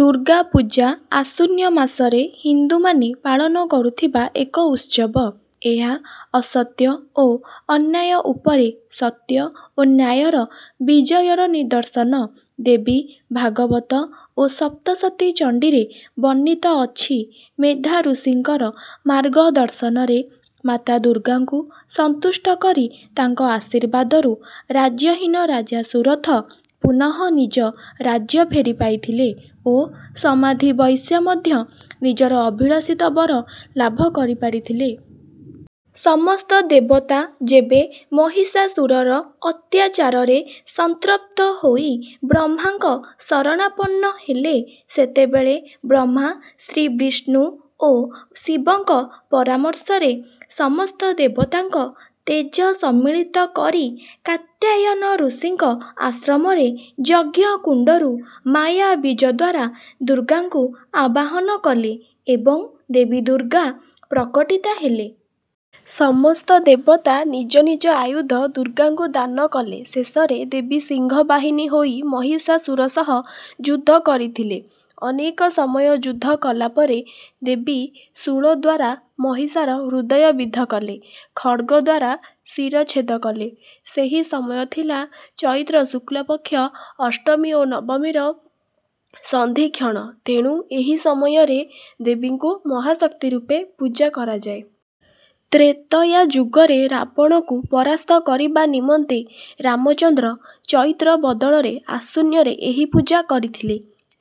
ଦୁର୍ଗା ପୂଜା ଆଶ୍ୱିନ ମାସରେ ହିନ୍ଦୁମାନେ ପାଳନ କରୁଥିବା ଏକ ଉତ୍ସବ। ଏହା ଅସତ୍ୟ ଓ ଅନ୍ୟାୟ ଉପରେ ସତ୍ୟ ଓ ନ୍ୟାୟର ବିଜୟର ନିଦର୍ଶନ। ଦେବୀ ଭାଗବତ ଓ ସପ୍ତଶତୀ ଚଣ୍ଡୀରେ ବର୍ଣ୍ଣିତ ଅଛି ମେଧାଋଷିଙ୍କର ମାର୍ଗ ଦର୍ଶନରେ ମାତା ଦୁର୍ଗାଙ୍କୁ ସନ୍ତୁଷ୍ଟ କରି ତାଙ୍କ ଆଶୀର୍ବାଦରୁ ରାଜ୍ୟହୀନ ରାଜା ସୁରଥ ପୁନଃ ନିଜ ରାଜ୍ୟ ଫେରି ପାଇଥିଲେ ଓ ସମାଧି ବୈଶ୍ୟ ମଧ୍ୟ ନିଜର ଅଭିଳଷିତ ବର ଲାଭ କରି ପାରିଥିଲେ। ସମସ୍ତ ଦେବତା ଯେବେ ମହିଷାସୁରର ଅତ୍ୟାଚାରରେ ସନ୍ତ୍ରପ୍ତ ହୋଇ ବ୍ରହ୍ମାଙ୍କ ଶରଣାପନ୍ନହେଲେ ସେତେବେଳେ ବ୍ରହ୍ମା ଶ୍ରୀବିଷ୍ଣୁ ଓ ଶିବଙ୍କ ପରାମର୍ଶରେ ସମସ୍ତ ଦେବତାଙ୍କ ତେଜ ସମ୍ମିଳିତ କରି କାତ୍ୟାୟନ ଋଷିଙ୍କ ଆଶ୍ରମରେ ଯଜ୍ଞକୁଣ୍ଡରୁ ମାୟା ବୀଜଦ୍ୱାରା ଦୁର୍ଗାଙ୍କୁ ଆବାହନ କଲି ଏବଂ ଦେବୀ ଦୁର୍ଗା ପ୍ରକଟୀତା ହେଲେ। ସମସ୍ତ ଦେବତା ନିଜ ନିଜ ଆୟୁଧ ଦୁର୍ଗାଙ୍କୁ ଦାନ କଲେଶେଷରେ ଦେବୀ ସିଂହ ବାହିନୀ ହୋଇ ମହିଷାସୁର ସହ ଯୁଦ୍ଧ କରିଥିଲେ। ଅନେକ ସମୟ ଯୁଦ୍ଧ କଲାପରେ ଦେବୀ ଶୂଳଦ୍ୱାରା ମହିଷାର ହୃଦୟ ବିଦ୍ଧ କଲେ ଖଡ୍ଗଦ୍ୱାରା ଶିରଚ୍ଛେଦ କଲେ। ସେହି ସମୟ ଥିଲା ଚୈତ୍ର ଶୁକ୍ଳ ପକ୍ଷ ଅଷ୍ଟମୀ ଓ ନବମୀର ସନ୍ଧିକ୍ଷଣ ତେଣୁ ଏହିସମୟରେ ଦେବୀଙ୍କୁ ମହାଶକ୍ତି ରୂପେ ପୂଜା କରାଯାଏ। ତ୍ରେତୟା ଯୁଗରେ ରାବଣକୁ ପରାସ୍ତ କରିବା ନିମନ୍ତେ ରାମଚନ୍ଦ୍ର ଚୈତ୍ର ବଦଳରେ ଆଶ୍ୱିନରେ ଏହି ପୂଜା କରିଥିଲେ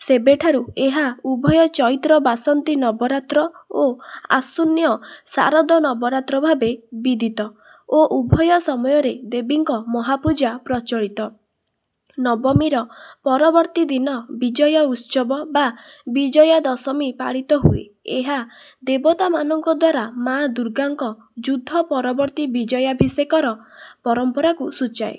ସେବେଠାରୁ ଏହା ଉଭୟ ଚୈତ୍ର ବାସନ୍ତୀ ନବରାତ୍ର ଓ ଆଶ୍ୱିନ ଶାରଦ ନବରାତ୍ର ଭାବେ ବିଦିତ ଓ ଉଭୟ ସମୟରେ ଦେବୀଙ୍କ ମହାପୂଜା ପ୍ରଚଳିତ। ନବମୀର ପରବର୍ତ୍ତୀ ଦିନ ବିଜୟଉତ୍ସବ ବା ବିଜୟାଦଶମୀ ପାଳିତ ହୁଏଏହା ଦେବତାମାନଙ୍କଦ୍ୱାରା ମା ଦୁର୍ଗାଙ୍କ ଯୁଦ୍ଧ ପରବର୍ତ୍ତୀ ବିଜୟାଭିଷେକର ପରମ୍ପରାକୁ ସୂଚାଏ।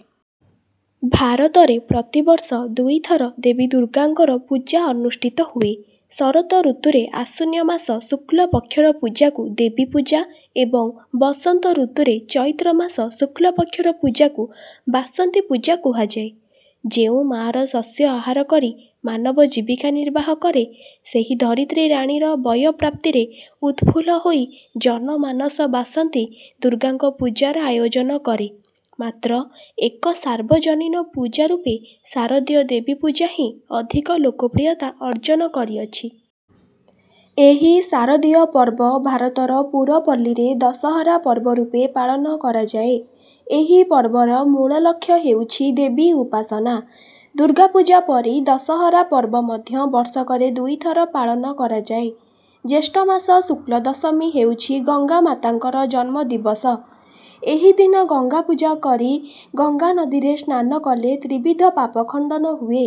ଭାରତରେ ପ୍ରତିବର୍ଷ ଦୁଇଥର ଦେବୀ ଦୁର୍ଗାଙ୍କର ପୂଜା ଅନୁଷ୍ଠିତ ହୁଏ। ଶରତ ଋତୁରେ ଆଶ୍ୱିନ ମାସ ଶୁକ୍ଳ ପକ୍ଷର ପୂଜାକୁ ଦେବୀ ପୂଜା ଏବଂ ବସନ୍ତ ଋତୁରେ ଚୈତ୍ରମାସ ଶୁକ୍ଳ ପକ୍ଷର ପୂଜାକୁ ବାସନ୍ତୀ ପୂଜା କୁହାଯାଏ। ଯେଉଁ ମାର ଶସ୍ୟ ଆହାର କରି ମାନବ ଜୀବିକା ନିର୍ବାହ କରେ ସେହି ଧରିତ୍ରୀ ରାଣୀର ବୟଃପ୍ରାପ୍ତିରେ ଉତ୍ଫୁଲ୍ଲ ହୋଇ ଜନମାନସ ବାସନ୍ତୀ ଦୁର୍ଗାଙ୍କ ପୂଜାର ଆୟୋଜନ କରି ମାତ୍ର ଏକ ସାର୍ବଜନୀନ ପୂଜା ରୂପେ ଶାରଦୀୟ ଦେବୀପୂଜା ହିଁ ଅଧିକ ଲୋକପ୍ରିୟତା ଅର୍ଜନ କରିଅଛି। ଏହି ଶାରଦୀୟ ପର୍ବ ଭାରତର ପୁରପଲ୍ଲୀରେ ଦଶହରା ପର୍ବରୂପେ ପାଳନ କରାଯାଏ। ଏହି ପର୍ବର ମୂଳ ଲକ୍ଷ୍ୟ ହେଉଛି ଦେବୀ ଉପାସନା। ଦୁର୍ଗାପୂଜା ପରି ଦଶହରା ପର୍ବ ମଧ୍ୟ ବର୍ଷକରେ ଦୁଇଥର ପାଳନ କରାଯାଏ। ଜ୍ୟେଷ୍ଠମାସ ଶୁକ୍ଳଦଶମୀ ହେଉଛି ଗଙ୍ଗାମାତାଙ୍କର ଜନ୍ମଦିବସ ଏହିଦିନ ଗଙ୍ଗାପୂଜା କରି ଗଙ୍ଗାନଦୀରେ ସ୍ନାନ କଲେ ତ୍ରିବିଧ ପାପ ଖଣ୍ଡନ ହୁଏ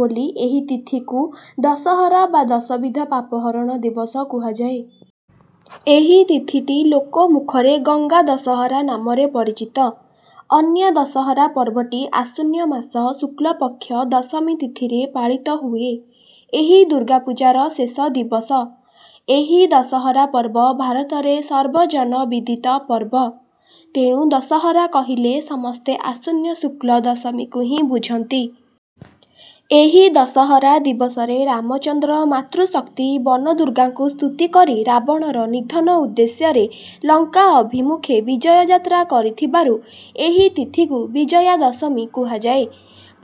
ବୋଲି ଏହି ତିଥିକୁ ଦଶହରା ବା ଦଶବିଧ ପାପହରଣ ଦିବସ କୁହାଯାଏ। ଏହି ତିଥିଟି ଲୋକମୁଖରେ ଗଙ୍ଗା ଦଶହରା ନାମରେ ପରିଚିତ ଅନ୍ୟ ଦଶହରା ପର୍ବଟି ଆଶ୍ୱିନ ମାସ ଶୁକ୍ଳପକ୍ଷ ଦଶମୀ ତିଥିରେ ପାଳିତ ହୁଏ ଏହି ଦୁର୍ଗାପୂଜାର ଶେଷ ଦିବସ। ଏହି ଦଶହରା ପର୍ବ ଭାରତରେ ସର୍ବଜନବିଦିତ ପର୍ବ। ତେଣୁ ଦଶହରା କହିଲେ ସମସ୍ତେ ଆଶ୍ୱିନ ଶୁକ୍ଳ ଦଶମୀକୁ ହିଁ ବୁଝନ୍ତି। ଏହି ଦଶହରା ଦିବସରେ ରାମଚନ୍ଦ୍ର ମାତୃଶକ୍ତି ବନଦୁର୍ଗାଙ୍କୁ ସ୍ତୁତି କରି ରାବଣର ନିଧନ ଉଦ୍ଦେଶ୍ୟରେ ଲଙ୍କା ଅଭିମୁଖେ ବିଜୟଯାତ୍ରା କରିଥିବାରୁ ଏହି ତିଥିକୁ ବିଜୟା ଦଶମୀ କୁହାଯାଏ।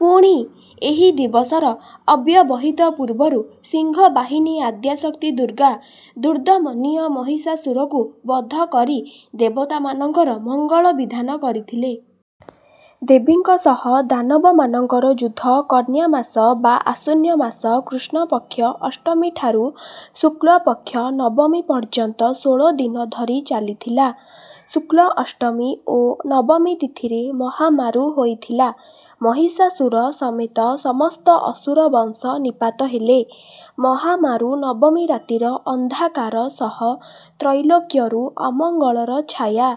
ପୁଣି ଏହି ଦିବସର ଅବ୍ୟବହିତ ପୂର୍ବରୁ ସିଂହବାହିନୀ ଆଦ୍ୟା ଶକ୍ତି ଦୁର୍ଗା ଦୁର୍ଦ୍ଦମନୀୟ ମହିଷାସୁରକୁ ବଧ କରି ଦେବତାମାନଙ୍କର ମଙ୍ଗଳ ବିଧାନ କରିଥିଲେ। ଦେବୀଙ୍କ ସହ ଦାନବମାନଙ୍କର ଯୁଦ୍ଧ କନ୍ୟାମାସ ବା ଆଶ୍ୱିନ ମାସ କୃଷ୍ଣପକ୍ଷ ଅଷ୍ଟମୀଠାରୁ ଶୁକ୍ଳପକ୍ଷ ନବମୀ ପର୍ଯ୍ୟନ୍ତ ଷୋଳଦିନ ଧରି ଚାଲିଥିଲା। ଶୁକ୍ଳ ଅଷ୍ଟମୀ ଓ ନବମୀ ତିଥିରେ ମହାମାରୁ ହୋଇଥିଲା। ମହିଷାସୁର ସମେତ ସମସ୍ତ ଅସୁର ବଂଶ ନିପାତ ହେଲେ। ମହାମାରୁ ନବମୀ ରାତିର ଅନ୍ଧକାର ସହ ତ୍ରୈଲୋକ୍ୟରୁ ଅମଙ୍ଗଳର ଛାୟା